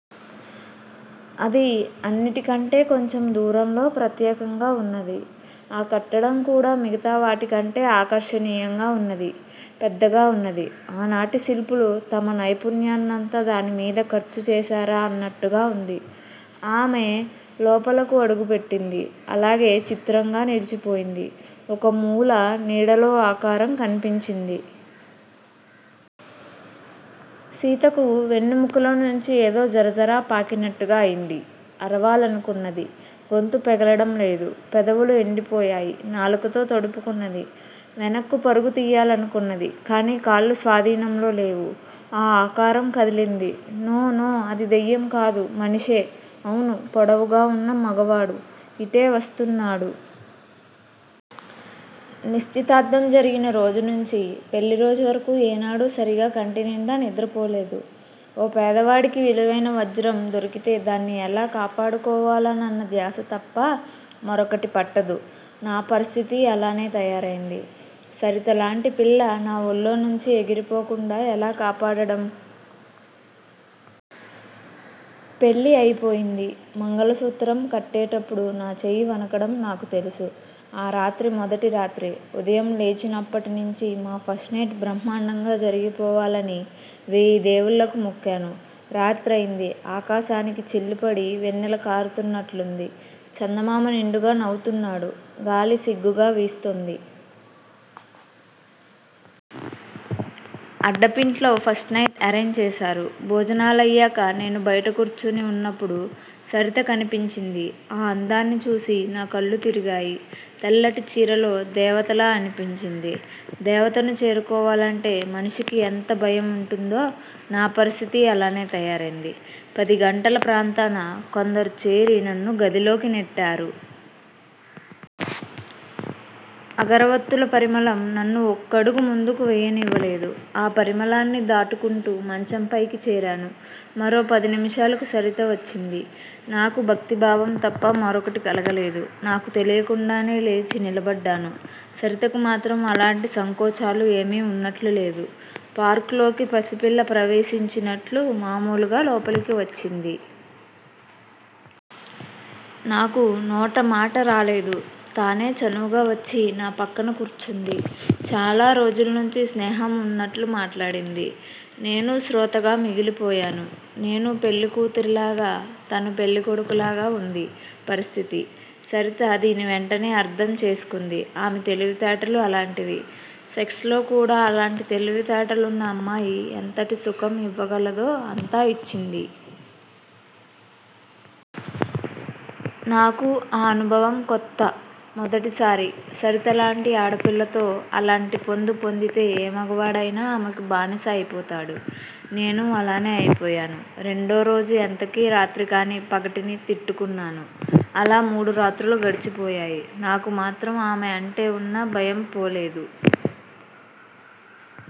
అది అన్నిటికంటే కొంచెం దూరంలో ప్రత్యేకంగా ఉన్నది. ఆ కట్టడం కూడా మిగతా వాటికంటే ఆకర్షణీయంగా ఉన్నది, పెద్దగా ఉన్నది. ఆనాటి శిల్పులు తమ నైపుణ్యాన్నంతా దానిమీద ఖర్చు చేశారా అన్నట్టుగా ఉంది. ఆమె లోపలకు అడుగుపెట్టింది. అలాగే చిత్రంగా నిలిచిపోయింది. ఒకమూల నీడలో ఆకారం కన్పించింది. సీతకు వెన్నెముకలో నుంచి ఏదో జరజరపాకినట్టుగా అయింది. అరవాలనుకొన్నది. గొంతు పెగలడం లేదు. పెదవులు ఎండిపోయాయి. నాలుకతో తడుపుకొన్నది. వెనక్కు పరుగుతియ్యాలనుకొన్నది. కాని కాళ్ళు స్వాధీనంలో లేవు. ఆ ఆకారం కదిలింది. నో! నో! అది దెయ్యంకాదు! మనిషే! అవును! పొడవుగా వున్న మగవాడు! ఇటే వస్తున్నాడు. నిశ్చితార్థం జరిగిన రోజు నుంచి పెళ్ళిరోజు వరకు ఏనాడూ సరిగా కంటినిండా నిద్రపోలేదు. ఓ పేదవాడికి విలువైన వజ్రం దొరికితే దాన్ని ఎలా కాపాడుకోవాలోనన్న ధ్యాస తప్ప మరొకటి పట్టదు. నా పరిస్థితీ అలానే తయారైంది. సరితలాంటి పిల్ల నా ఒళ్ళో నుంచి ఎగిరిపోకుండా ఎలా కాపాడడం? పెళ్ళి అయిపోయింది. మంగళసూత్రం కట్టేటప్పుడు నా చేయి వణకడం నాకు తెలుసు. ఆ రాత్రి మొదటి రాత్రి. ఉదయం లేచినప్పట్నుంచి మా ఫస్ట్ నైట్ బ్రహ్మాండంగా జరిగిపోవాలని వేయి దేవుళ్ళకు మొక్కాను. రాత్రయింది. ఆకాశానికి చిల్లుపడి వెన్నెల కారుతున్నట్లుంది. చందమామ నిండుగా నవ్వుతున్నాడు. గాలి సిగ్గుగా వీస్తోంది. అడ్డాపింట్లో ఫస్ట్ నైట్ అరేంజ్ చేశారు. భోజనాలయ్యాక నేను బయట కూర్చుని వున్నప్పుడు సరిత కనిపించింది. ఆ అందాన్ని చూసి నా కళ్ళు తిరిగాయి. తెల్లటి చీరలో దేవతలా అనిపించింది. దేవతను చేరుకోవాలంటే మనిషికి ఎంత భయం వుంటుందో నా పరిస్థితీ అలానే తయారైంది. పదిగంటల ప్రాంతాన కొందరు చేరి నన్ను గదిలోకి నెట్టారు. అగరవత్తుల పరిమళం నన్ను ఒక్కడుగు ముందుకు వేయనివ్వలేదు. ఆ పరిమళాన్ని దాటుకుంటూ మంచంపైకి చేరాను. మరో పదినిముషాలకు సరిత వచ్చింది. నాకు భక్తిభావం తప్ప మరొకటి కలగలేదు. నాకు తెలియకుండానే లేచి నిలబడ్డాను. సరితకు మాత్రం అలాంటి సంకోచాలు ఏమీ వున్నట్లు లేదు. పార్క్ లోకి పసిపిల్ల ప్రవేశించినట్టు మామూలుగా లోపలికి వచ్చింది. నాకు నోట మాట రాలేదు. తనే చనువుగా వచ్చి నా పక్కన కూర్చుంది. చాలా రోజుల్నుంచి స్నేహం వున్నట్లు మాట్లాడింది. నేను శ్రోతగా మిగిలిపోయాను. నేను పెళ్లికూతురిలాగా, తను పెళ్ళికొడుకులాగా వుంది పరిస్థితి. సరిత దీన్ని వెంటనే అర్థం చేసుకుంది. ఆమె తెలివితేటలు అలాంటివి. సెక్స్ లో కూడా అలాంటి తెలివితేటలున్న అమ్మాయి ఎంతటి సుఖం ఇవ్వగలదో అంతా యిచ్చింది. నాకు ఆ అనుభవం కొత్త. మొదటిసారి సరిత లాంటి ఆడపిల్లతో అలాంటి పొందు పొందితే ఏ మగవాడైనా ఆమెకు బానిస అయిపోతాడు. నేనూ అలానే అయిపోయాను. రెండోరోజు ఎంతకీ రాత్రికాని పగటిని తిట్టుకున్నాను. అలా మూడురాత్రులు గడిచిపోయాయి. నాకు మాత్రం ఆమె అంటే వున్న భయం పోలేదు.